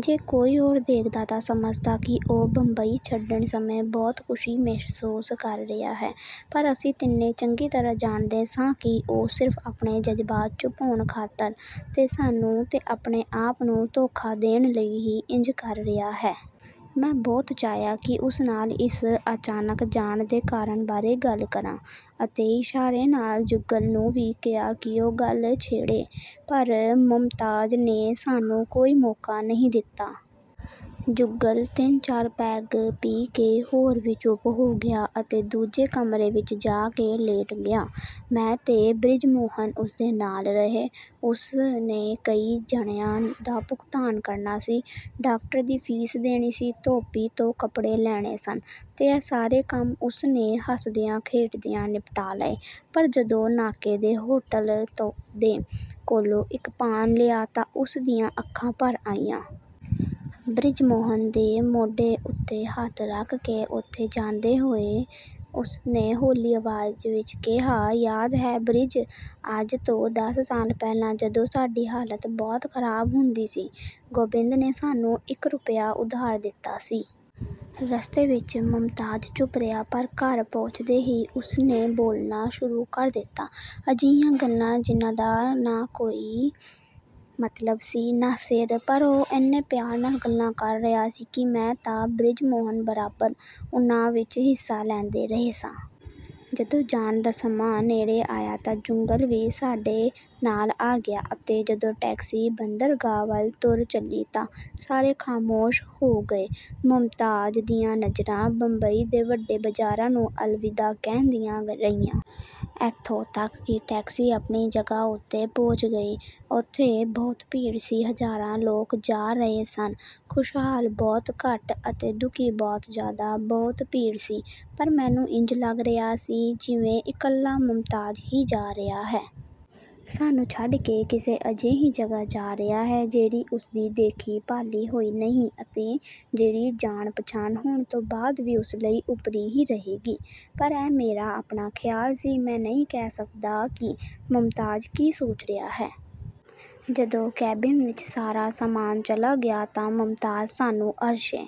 ਜੇ ਕੋਈ ਹੋਰ ਦੇਖਦਾ ਤਾਂ ਸਮਝਦਾ ਕਿ ਉਹ ਬੰਬਈ ਛੱਡਣ ਸਮੇਂ ਬਹੁਤ ਖੁਸ਼ੀ ਮਹਿਸੂਸ ਕਰ ਰਿਹਾ ਹੈ, ਪਰ ਅਸੀਂ ਤਿੰਨੇ ਚੰਗੀ ਤਰ੍ਹਾਂ ਜਾਣਦੇ ਸਾਂ ਕਿ ਉਹ ਸਿਰਫ਼ ਆਪਣੇ ਜਜ਼ਬਾਤ ਛੁਪਾਉਣ ਖਾਤਰ, ਤੇ ਸਾਨੂੰ, ਤੇ ਆਪਣੇ ਆਪ ਨੂੰ ਧੋਖਾ ਦੇਣ ਲਈ ਹੀ ਇੰਜ ਕਰ ਰਿਹਾ ਹੈ। ਮੈਂ ਬਹੁਤ ਚਾਹਿਆ ਕਿ ਉਸ ਨਾਲ ਇਸ ਅਚਾਨਕ ਜਾਣ ਦੇ ਕਾਰਨ ਬਾਰੇ ਗੱਲ ਕਰਾਂ, ਅਤੇ ਇਸ਼ਾਰੇ ਨਾਲ ਜੁਗਲ ਨੂੰ ਵੀ ਕਿਹਾ ਕਿ ਉਹ ਗੱਲ ਛੇੜੇ, ਪਰ ਮੁਮਤਾਜ਼ ਨੇ ਸਾਨੂੰ ਕੋਈ ਮੌਕਾ ਨਹੀਂ ਦਿੱਤਾ। ਜੁਗਲ ਤਿੰਨ-ਚਾਰ ਪੈੱਗ ਪੀ ਕੇ ਹੋਰ ਵੀ ਚੁੱਪ ਹੋ ਗਿਆ, ਅਤੇ ਦੂਜੇ ਕਮਰੇ ਵਿੱਚ ਜਾ ਕੇ ਲੇਟ ਗਿਆ। ਮੈਂ ਤੇ ਬ੍ਰਿਜਮੋਹਨ ਉਸ ਦੇ ਨਾਲ ਰਹੇ। ਉਸ ਨੇ ਕਈ ਜਣਿਆਂ ਦਾ ਭੁਗਤਾਨ ਕਰਨਾ ਸੀ, ਡਾਕਟਰ ਦੀ ਫੀਸ ਦੇਣੀ ਸੀ, ਧੋਬੀ ਤੋਂ ਕੱਪੜੇ ਲੈਣੇ ਸਨ ਤੇ ਇਹ ਸਾਰੇ ਕੰਮ ਉਸ ਨੇ ਹੱਸਦਿਆਂ-ਖੇਡਦਿਆਂ ਨਿਪਟਾ ਲਏ, ਪਰ ਜਦੋਂ ਨਾਕੇ ਦੇ ਹੋਟਲ ਦੇ ਕੋਲੋਂ ਇੱਕ ਪਾਨ ਲਿਆ ਤਾਂ ਉਸ ਦੀਆਂ ਅੱਖਾਂ ਭਰ ਆਈਆਂ। ਬ੍ਰਿਜਮੋਹਨ ਦੇ ਮੋਢੇ ਉੱਤੇ ਹੱਥ ਰੱਖ ਕੇ, ਉੱਥੋਂ ਜਾਂਦੇ ਹੋਏ, ਉਸ ਨੇ ਹੌਲੀ ਆਵਾਜ਼ ਵਿੱਚ ਕਿਹਾ, "ਯਾਦ ਹੈ ਬ੍ਰਿਜ, ਅੱਜ ਤੋਂ ਦਸ ਸਾਲ ਪਹਿਲਾਂ ਜਦੋਂ ਸਾਡੀ ਹਾਲਤ ਬਹੁਤ ਖਰਾਬ ਹੁੰਦੀ ਸੀ, ਗੋਬਿੰਦ ਨੇ ਸਾਨੂੰ ਇੱਕ ਰੁਪਈਆ ਉਧਾਰ ਦਿੱਤਾ ਸੀ।" ਰਸਤੇ ਵਿੱਚ ਮੁਮਤਾਜ਼ ਚੁੱਪ ਰਿਹਾ, ਪਰ ਘਰ ਪਹੁੰਚਦੇ ਹੀ ਉਸ ਨੇ ਬੋਲਣਾ ਸ਼ੁਰੂ ਕਰ ਦਿੱਤਾ, ਅਜਿਹੀਆਂ ਗੱਲਾਂ ਜਿਨ੍ਹਾਂ ਦਾ ਨਾ ਕੋਈ ਮਤਲਬ ਸੀ, ਨਾ ਸਿਰ, ਪਰ ਉਹ ਇੰਨੇ ਪਿਆਰ ਨਾਲ ਗੱਲਾਂ ਕਰ ਰਿਹਾ ਸੀ ਕਿ ਮੈਂ ਤੇ ਬ੍ਰਿਜਮੋਹਨ ਬਰਾਬਰ ਉਹਨਾਂ ਵਿੱਚ ਹਿੱਸਾ ਲੈਂਦੇ ਰਹੇ ਸਾਂ। ਜਦੋਂ ਜਾਣ ਦਾ ਸਮਾਂ ਨੇੜੇ ਆਇਆ ਤਾਂ ਜੁਗਲ ਵੀ ਸਾਡੇ ਨਾਲ ਆ ਗਿਆ, ਅਤੇ ਜਦੋਂ ਟੈਕਸੀ ਬੰਦਰਗਾਹ ਵੱਲ ਤੁਰ ਚੱਲੀ ਤਾਂ ਸਾਰੇ ਖਾਮੋਸ਼ ਹੋ ਗਏ। ਮੁਮਤਾਜ਼ ਦੀਆਂ ਨਜ਼ਰਾਂ ਬੰਬਈ ਦੇ ਵੱਡੇ ਬਾਜ਼ਾਰਾਂ ਨੂੰ ਅਲਵਿਦਾ ਕਹਿੰਦੀਆਂ ਰਹੀਆਂ। ਇੱਥੋਂ ਤੱਕ ਕਿ ਟੈਕਸੀ ਆਪਣੀ ਜਗ੍ਹਾ ਉੱਤੇ ਪਹੁੰਚ ਗਈ। ਉੱਥੇ ਬਹੁਤ ਭੀੜ ਸੀ। ਹਜ਼ਾਰਾਂ ਲੋਕ ਜਾ ਰਹੇ ਸਨ, ਖੁਸ਼ਹਾਲ ਬਹੁਤ ਘੱਟ, ਅਤੇ ਦੁਖੀ ਬਹੁਤ ਜ਼ਿਆਦਾ। ਬਹੁਤ ਭੀੜ ਸੀ, ਪਰ ਮੈਨੂੰ ਇੰਜ ਲੱਗ ਰਿਹਾ ਸੀ ਜਿਵੇਂ ਇਕੱਲਾ ਮੁਮਤਾਜ਼ ਹੀ ਜਾ ਰਿਹਾ ਹੈ। ਸਾਨੂੰ ਛੱਡ ਕੇ ਕਿਸੇ ਅਜਿਹੀ ਜਗ੍ਹਾ ਜਾ ਰਿਹਾ ਹੈ, ਜਿਹੜੀ ਉਸਦੀ ਦੇਖੀ-ਭਾਲੀ ਹੋਈ ਨਹੀਂ ਅਤੇ ਜਿਹੜੀ ਜਾਣ-ਪਛਾਣ ਹੋਣ ਤੋਂ ਬਾਅਦ ਵੀ ਉਸ ਲਈ ਓਪਰੀ ਹੀ ਰਹੇਗੀ। ਪਰ ਇਹ ਮੇਰਾ ਆਪਣਾ ਖਿਆਲ ਸੀ। ਮੈਂ ਨਹੀਂ ਕਹਿ ਸਕਦਾ ਕਿ ਮੁਮਤਾਜ਼ ਕੀ ਸੋਚ ਰਿਹਾ ਹੈ। ਜਦੋਂ ਕੈਬਿਨ ਵਿੱਚ ਸਾਰਾ ਸਾਮਾਨ ਚਲਾ ਗਿਆ ਤਾਂ ਮੁਮਤਾਜ਼ ਸਾਨੂੰ ਅਰਸ਼ੇ